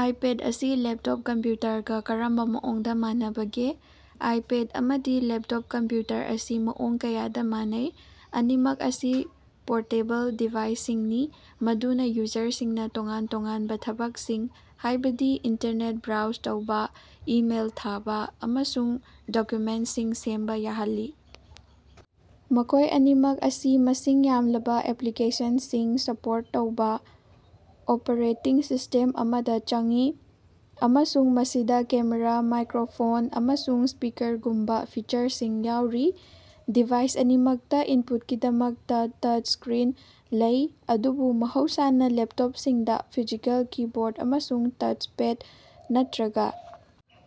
IPad ꯑꯁꯤ laptop ꯀꯝꯄ꯭ꯌꯨꯇꯔꯒ ꯀꯔꯝꯕ ꯃꯑꯣꯡꯗ ꯃꯥꯟꯅꯕꯒꯦ? ꯑꯥꯏꯄꯦꯗ ꯑꯃꯗꯤ ꯂꯦꯞꯇꯣꯞ ꯀꯝꯄ꯭ꯌꯨꯇꯔ ꯑꯁꯤ ꯃꯑꯣꯡ ꯀꯌꯥꯗ ꯃꯥꯟꯅꯩ꯫ ꯑꯅꯤꯃꯛ ꯑꯁꯤ ꯄꯣꯔꯇꯦꯕꯜ ꯗꯤꯚꯥꯏꯁꯁꯤꯡꯅꯤ ꯃꯗꯨꯅ ꯌꯨꯖꯔꯁꯤꯡꯅ ꯇꯣꯉꯥꯟ-ꯇꯣꯉꯥꯟꯕ ꯊꯕꯛꯁꯤꯡ, ꯍꯥꯏꯕꯗꯤ ꯏꯟꯇꯔꯅꯦꯠ ꯕ꯭ꯔꯥꯎꯖ ꯇꯧꯕ, ꯏꯃꯦꯏꯜ ꯊꯥꯕ, ꯑꯃꯁꯨꯡ ꯗꯣꯀ꯭ꯌꯨꯃꯦꯟꯠꯁꯤꯡ ꯁꯦꯝꯕ ꯌꯥꯍꯜꯂꯤ꯫ ꯃꯈꯣꯏ ꯑꯅꯤꯃꯛ ꯑꯁꯤ ꯃꯁꯤꯡ ꯌꯥꯝꯂꯕ ꯑꯦꯄ꯭ꯂꯤꯀꯦꯁꯟꯁꯤꯡ ꯁꯄꯣꯔꯠ ꯇꯧꯕ ꯑꯣꯄꯔꯦꯇꯤꯡ ꯁꯤꯁ꯭ꯇꯦꯝ ꯑꯃꯗ ꯆꯪꯏ, ꯑꯃꯁꯨꯡ ꯃꯁꯤꯗ ꯀꯦꯃꯦꯔꯥ, ꯃꯥꯏꯀ꯭ꯔꯣꯐꯣꯟ, ꯑꯃꯁꯨꯡ ꯁ꯭ꯄꯤꯀꯔꯒꯨꯝꯕ ꯐꯤꯆꯔꯁꯤꯡ ꯌꯥꯎꯔꯤ꯫ ꯗꯤꯚꯥꯏꯁ ꯑꯅꯤꯃꯛꯇ ꯏꯟꯄꯨꯠꯀꯤꯗꯃꯛꯇ ꯇꯆꯁꯀ꯭ꯔꯤꯟ ꯂꯩ, ꯑꯗꯨꯕꯨ ꯃꯍꯧꯁꯥꯅ ꯂꯦꯞꯇꯣꯞꯁꯤꯡꯗ ꯐꯤꯖꯤꯀꯦꯜ ꯀꯤꯕꯣꯔꯗ ꯑꯃꯁꯨꯡ ꯇꯆꯄꯦꯗ ꯅꯠꯇ꯭ꯔꯒ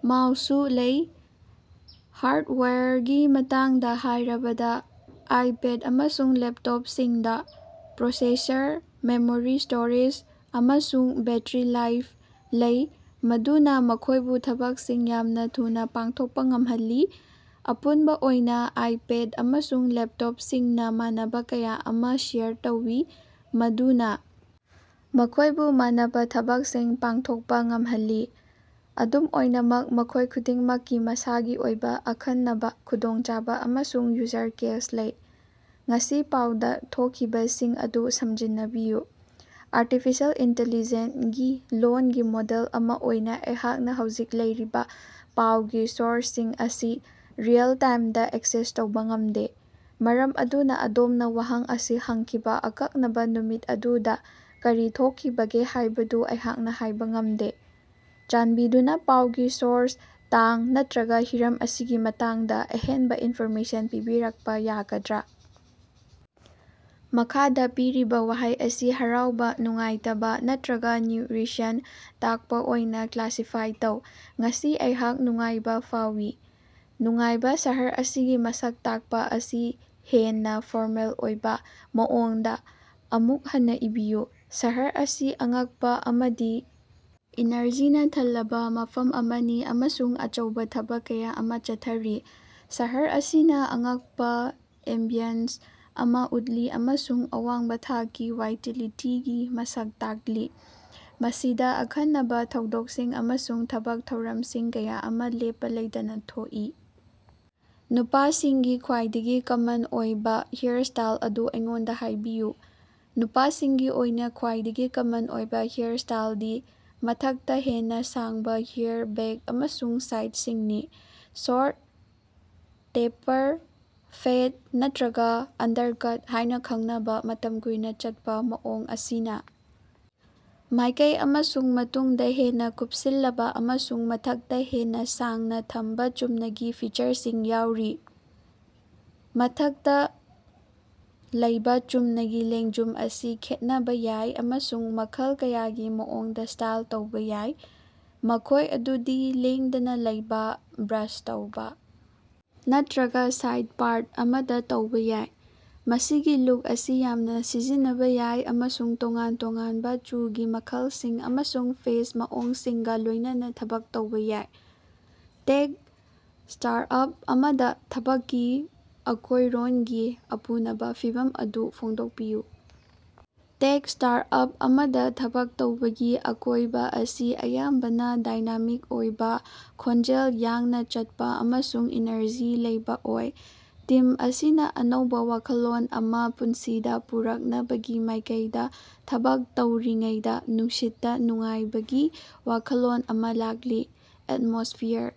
ꯃꯥꯎꯁꯁꯨ ꯂꯩ꯫ ꯍꯥꯔꯗꯋꯦꯌꯔꯒꯤ ꯃꯇꯥꯡꯗ ꯍꯥꯏꯔꯕꯗ, ꯑꯥꯏꯄꯦꯗ ꯑꯃꯁꯨꯡ ꯂꯦꯞꯇꯣꯞꯁꯤꯡꯗ ꯄ꯭ꯔꯣꯁꯦꯁꯔ, ꯃꯦꯃꯣꯔꯤ ꯁ꯭ꯇꯣꯔꯦꯖ, ꯑꯃꯁꯨꯡ ꯕꯦꯠꯇꯔꯤ ꯂꯥꯏꯐ ꯂꯩ ꯃꯗꯨꯅ ꯃꯈꯣꯏꯕꯨ ꯊꯕꯛꯁꯤꯡ ꯌꯥꯝꯅ ꯊꯨꯅ ꯄꯥꯡꯊꯣꯛꯄ ꯉꯝꯍꯜꯂꯤ꯫ ꯑꯄꯨꯟꯕ ꯑꯣꯏꯅ ꯑꯥꯏꯄꯦꯗ ꯑꯃꯁꯨꯡ ꯂꯦꯞꯇꯣꯞꯁꯤꯡꯅ ꯃꯥꯟꯅꯕ ꯀꯌꯥ ꯑꯃ ꯁꯦꯌꯔ ꯇꯧꯏ ꯃꯗꯨꯅ ꯃꯈꯣꯏꯕꯨ ꯃꯥꯟꯅꯕ ꯊꯕꯛꯁꯤꯡ ꯄꯥꯡꯊꯣꯛꯄ ꯉꯝꯍꯜꯂꯤ, ꯑꯗꯨꯝ ꯑꯣꯏꯅꯃꯛ ꯃꯈꯣꯏ ꯈꯨꯗꯤꯡꯃꯛꯀꯤ ꯃꯁꯥꯒꯤ ꯑꯣꯏꯕ ꯑꯈꯟꯅꯕ ꯈꯨꯗꯣꯡꯆꯥꯕ ꯑꯃꯁꯨꯡ ꯌꯨꯖꯔ ꯀꯦꯁ ꯂꯩ꯫ ꯉꯁꯤ ꯄꯥꯎꯗ ꯊꯣꯛꯈꯤꯕꯁꯤꯡ ꯑꯗꯨ ꯁꯝꯖꯤꯟꯅꯕꯤꯌꯨ꯫ ꯑꯥꯔꯇꯤꯐꯤꯁꯦꯜ ꯏꯟꯇꯤꯂꯤꯖꯦꯟꯠ ꯒꯤ ꯂꯣꯜꯒꯤ ꯃꯣꯗꯦꯜ ꯑꯃ ꯑꯣꯏꯅ ꯑꯩꯍꯥꯛꯅ ꯍꯧꯖꯤꯛ ꯂꯩꯔꯤꯕ ꯄꯥꯎꯒꯤ ꯁꯣꯔꯁꯁꯤꯡ ꯑꯁꯤ ꯔꯤꯑꯦꯜ-ꯇꯥꯏꯝꯗ ꯑꯦꯛꯁꯦꯁ ꯇꯧꯕ ꯉꯝꯗꯦ, ꯃꯔꯝ ꯑꯗꯨꯅ ꯑꯗꯣꯝꯅ ꯋꯥꯍꯪ ꯑꯁꯤ ꯍꯪꯈꯤꯕ ꯑꯀꯛꯅꯕ ꯅꯨꯃꯤꯠ ꯑꯗꯨꯗ ꯀꯔꯤ ꯊꯣꯛꯈꯤꯕꯒꯦ ꯍꯥꯏꯕꯗꯨ ꯑꯩꯍꯥꯛꯅ ꯍꯥꯏꯕ ꯉꯝꯗꯦ꯫ ꯆꯥꯟꯕꯤꯗꯨꯅ ꯄꯥꯎꯒꯤ ꯁꯣꯔꯁ, ꯇꯥꯡ ꯅꯠꯇ꯭ꯔꯒ ꯍꯤꯔꯝ ꯑꯁꯤꯒꯤ ꯃꯇꯥꯡꯗ ꯑꯍꯦꯟꯕ ꯏꯟꯐꯣꯔꯃꯦꯁꯟ ꯄꯤꯕꯤꯔꯛꯄ ꯌꯥꯒꯗ꯭ꯔꯥ? ꯃꯈꯥꯗ ꯄꯤꯔꯤꯕ ꯋꯥꯍꯩ ꯑꯁꯤ ꯍꯔꯥꯎꯕ, ꯅꯨꯡꯉꯥꯏꯇꯕ ꯅꯠꯇ꯭ꯔꯒ ꯅ꯭ꯌꯨꯠꯔꯤꯁꯟ ꯇꯥꯛꯄ ꯑꯣꯏꯅ ꯀ꯭ꯂꯥꯁꯤꯐꯥꯏ ꯇꯧ꯫ ꯉꯁꯤ ꯑꯩꯍꯥꯛ ꯅꯨꯡꯉꯥꯏꯕ ꯐꯥꯎꯏ꯫ ꯅꯨꯡꯉꯥꯏꯕ ꯁꯍꯔ ꯑꯁꯤꯒꯤ ꯃꯁꯛ ꯇꯥꯛꯄ ꯑꯁꯤ ꯍꯦꯟꯅ ꯐꯣꯔꯃꯦꯜ ꯑꯣꯏꯕ ꯃꯑꯣꯡꯗ ꯑꯃꯨꯛ ꯍꯟꯅ ꯏꯕꯤꯌꯨ꯫ ꯁꯍꯔ ꯑꯁꯤ ꯑꯉꯛꯄ ꯑꯃꯗꯤ ꯏꯅꯔꯖꯤꯅ ꯊꯜꯂꯕ ꯃꯐꯝ ꯑꯃꯅꯤ ꯑꯃꯁꯨꯡ ꯑꯆꯧꯕ ꯊꯕꯛ ꯀꯌꯥ ꯑꯃ ꯆꯠꯊꯔꯤ꯫ ꯁꯍꯔ ꯑꯁꯤꯅ ꯑꯉꯛꯄ ꯑꯦꯝꯕꯤꯌꯟꯁ ꯑꯃ ꯎꯠꯂꯤ ꯑꯃꯁꯨꯡ ꯑꯋꯥꯡꯕ ꯊꯥꯛꯀꯤ ꯋꯥꯏꯇꯦꯂꯤꯇꯤꯒꯤ ꯃꯁꯛ ꯇꯥꯛꯂꯤ, ꯃꯁꯤꯗ ꯑꯈꯟꯅꯕ ꯊꯧꯗꯣꯛꯁꯤꯡ ꯑꯃꯁꯨꯡ ꯊꯕꯛ ꯊꯧꯔꯝꯁꯤꯡ ꯀꯌꯥ ꯑꯃ ꯂꯦꯞꯄ ꯂꯩꯇꯅ ꯊꯣꯛꯏ꯫ ꯅꯨꯄꯥꯁꯤꯡꯒꯤ ꯈ꯭ꯋꯥꯏꯗꯒꯤ ꯀꯃꯟ ꯑꯣꯏꯕ ꯍꯦꯌꯔꯁ꯭ꯇꯥꯏꯜ ꯑꯗꯨ ꯑꯩꯉꯣꯟꯗ ꯍꯥꯏꯕꯤꯌꯨ꯫ ꯅꯨꯄꯥꯁꯤꯡꯒꯤ ꯑꯣꯏꯅ ꯈ꯭ꯋꯥꯏꯗꯒꯤ ꯀꯃꯟ ꯑꯣꯏꯕ ꯍꯦꯌꯔꯁ꯭ꯇꯥꯏꯜꯗꯤ ꯃꯊꯛꯇ ꯍꯦꯟꯅ ꯁꯥꯡꯕ ꯍꯦꯌꯔ ꯕꯦꯛ ꯑꯃꯁꯨꯡ ꯁꯥꯏꯗꯁꯤꯡꯅꯤ꯫ ꯁꯣꯔꯠ ꯇꯦꯄꯔ, ꯐꯦꯗ ꯅꯠꯇ꯭ꯔꯒ ꯑꯟꯗꯔꯀꯠ ꯍꯥꯏꯅ ꯈꯪꯅꯕ ꯃꯇꯝ ꯀꯨꯏꯅ ꯆꯠꯄ ꯃꯑꯣꯡ ꯑꯁꯤꯅ ꯃꯥꯏꯀꯩ ꯑꯃꯁꯨꯡ ꯃꯇꯨꯡꯗ ꯍꯦꯟꯅ ꯀꯨꯞꯁꯤꯜꯂꯕ ꯑꯃꯁꯨꯡ ꯃꯊꯛꯇ ꯍꯦꯟꯅ ꯁꯥꯡꯅ ꯊꯝꯕ ꯆꯨꯝꯅꯒꯤ ꯐꯤꯆꯔꯁꯤꯡ ꯌꯥꯎꯔꯤ꯫ ꯃꯊꯛꯇ ꯂꯩꯕ ꯆꯨꯝꯅꯒꯤ ꯂꯦꯡꯖꯨꯝ ꯑꯁꯤ ꯈꯦꯠꯅꯕ ꯌꯥꯏ, ꯑꯃꯁꯨꯡ ꯃꯈꯜ ꯀꯌꯥꯒꯤ ꯃꯑꯣꯡꯗ ꯁ꯭ꯇꯥꯏꯜ ꯇꯧꯕ ꯌꯥꯏ, ꯃꯈꯣꯏ ꯑꯗꯨꯗꯤ ꯂꯦꯡꯗꯅ ꯂꯩꯕ, ꯕ꯭ꯔꯁ ꯇꯧꯕ ꯅꯠꯇ꯭ꯔꯒ ꯁꯥꯏꯗ ꯄꯥꯔꯠ ꯑꯃꯗ ꯇꯧꯕ ꯌꯥꯏ꯫ ꯃꯁꯤꯒꯤ ꯂꯨꯛ ꯑꯁꯤ ꯌꯥꯝꯅ ꯁꯤꯖꯤꯟꯅꯕ ꯌꯥꯏ ꯑꯃꯁꯨꯡ ꯇꯣꯉꯥꯟ ꯇꯣꯉꯥꯟꯕ ꯆꯨꯒꯤ ꯃꯈꯜꯁꯤꯡ ꯑꯃꯁꯨꯡ ꯐꯦꯁ ꯃꯑꯣꯡꯁꯤꯡꯒ ꯂꯣꯏꯅꯅ ꯊꯕꯛ ꯇꯧꯕ ꯌꯥꯏ꯫ ꯇꯦꯛ ꯁ꯭ꯇꯥꯔꯠꯑꯞ ꯑꯃꯗ ꯊꯕꯛꯀꯤ ꯑꯀꯣꯏꯔꯣꯟꯒꯤ ꯑꯄꯨꯅꯕ ꯐꯤꯚꯝ ꯑꯗꯨ ꯐꯣꯡꯗꯣꯛꯎ꯫ ꯇꯦꯛ ꯁ꯭ꯇꯥꯔꯠꯑꯞ ꯑꯃꯗ ꯊꯕꯛ ꯇꯧꯕꯒꯤ ꯑꯀꯣꯏꯕ ꯑꯁꯤ ꯑꯌꯥꯝꯕꯅ ꯗꯥꯏꯅꯥꯃꯤꯛ ꯑꯣꯏꯕ, ꯈꯣꯡꯖꯦꯜ ꯌꯥꯡꯅ ꯆꯠꯄ ꯑꯃꯁꯨꯡ ꯏꯅꯔꯖꯤ ꯂꯩꯕ ꯑꯣꯏ꯫ ꯇꯤꯝ ꯑꯁꯤꯅ ꯑꯅꯧꯕ ꯋꯥꯈꯜꯂꯣꯟ ꯑꯃ ꯄꯨꯟꯁꯤꯗ ꯄꯨꯔꯛꯅꯕꯒꯤ ꯃꯥꯏꯀꯩꯗ ꯊꯕꯛ ꯇꯧꯔꯤꯉꯩꯗ ꯅꯨꯡꯁꯤꯠꯇ ꯅꯨꯡꯉꯥꯏꯕꯒꯤ ꯋꯥꯈꯜꯂꯣꯟ ꯑꯃ ꯂꯥꯛꯂꯤ꯫ ꯑꯦꯠꯃꯣꯁ꯭ꯐꯤꯌꯔ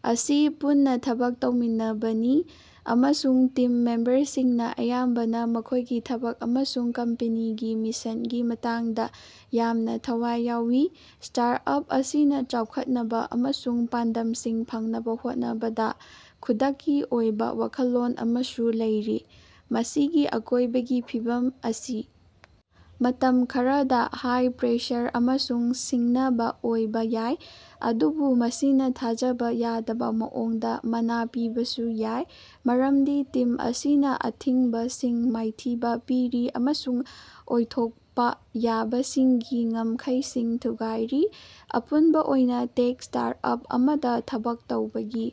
ꯑꯁꯤ ꯄꯨꯟꯅ ꯊꯕꯛ ꯇꯧꯃꯤꯟꯅꯕꯅꯤ ꯑꯃꯁꯨꯡ ꯇꯤꯝ ꯃꯦꯝꯕꯔꯁꯤꯡꯅ ꯑꯌꯥꯝꯕꯅ ꯃꯈꯣꯏꯒꯤ ꯊꯕꯛ ꯑꯃꯁꯨꯡ ꯀꯝꯄꯦꯅꯤꯒꯤ ꯃꯤꯁꯟꯒꯤ ꯃꯇꯥꯡꯗ ꯌꯥꯝꯅ ꯊꯋꯥꯏ ꯌꯥꯎꯏ꯫ ꯁ꯭ꯇꯥꯔꯠꯑꯞ ꯑꯁꯤꯅ ꯆꯥꯎꯈꯠꯅꯕ ꯑꯃꯁꯨꯡ ꯄꯥꯟꯗꯝꯁꯤꯡ ꯐꯪꯅꯕ ꯍꯣꯠꯅꯕꯗ ꯈꯨꯗꯛꯀꯤ ꯑꯣꯏꯕ ꯋꯥꯈꯜꯂꯣꯟ ꯑꯃꯁꯨ ꯂꯩꯔꯤ꯫ ꯃꯁꯤꯒꯤ ꯑꯀꯣꯏꯕꯒꯤ ꯐꯤꯕꯝ ꯑꯁꯤ ꯃꯇꯝ ꯈꯔꯗ ꯍꯥꯏ-ꯄ꯭ꯔꯦꯁꯔ ꯑꯃꯁꯨꯡ ꯁꯤꯡꯅꯕ ꯑꯣꯏꯕ ꯌꯥꯏ, ꯑꯗꯨꯕꯨ ꯃꯁꯤꯅ ꯊꯥꯖꯕ ꯌꯥꯗꯕ ꯃꯑꯣꯡꯗ ꯃꯅꯥ ꯄꯤꯕꯁꯨ ꯌꯥꯏ ꯃꯔꯝꯗꯤ ꯇꯤꯝ ꯑꯁꯤꯅ ꯑꯊꯤꯡꯕꯁꯤꯡ ꯃꯥꯏꯊꯤꯕ ꯄꯤꯔꯤ ꯑꯃꯁꯨꯡ ꯑꯣꯏꯊꯣꯛꯄ ꯌꯥꯕꯁꯤꯡꯒꯤ ꯉꯝꯈꯩꯁꯤꯡ ꯊꯨꯒꯥꯏꯔꯤ꯫ ꯑꯄꯨꯟꯕ ꯑꯣꯏꯅ ꯇꯦꯛ ꯁ꯭ꯇꯥꯔꯠꯑꯞ ꯑꯃꯗ ꯊꯕꯛ ꯇꯧꯕꯒꯤ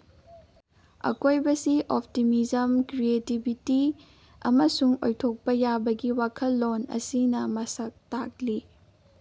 ꯑꯀꯣꯏꯕꯁꯤ ꯑꯣꯞꯇꯤꯃꯤꯖꯝ, ꯀ꯭ꯔꯤꯌꯦꯇꯤꯕꯤꯇꯤ ꯑꯃꯁꯨꯡ ꯑꯣꯏꯊꯣꯛꯄ ꯌꯥꯕꯒꯤ ꯋꯥꯈꯜꯂꯣꯟ ꯑꯁꯤꯅ ꯃꯁꯛ ꯇꯥꯛꯂꯤ꯫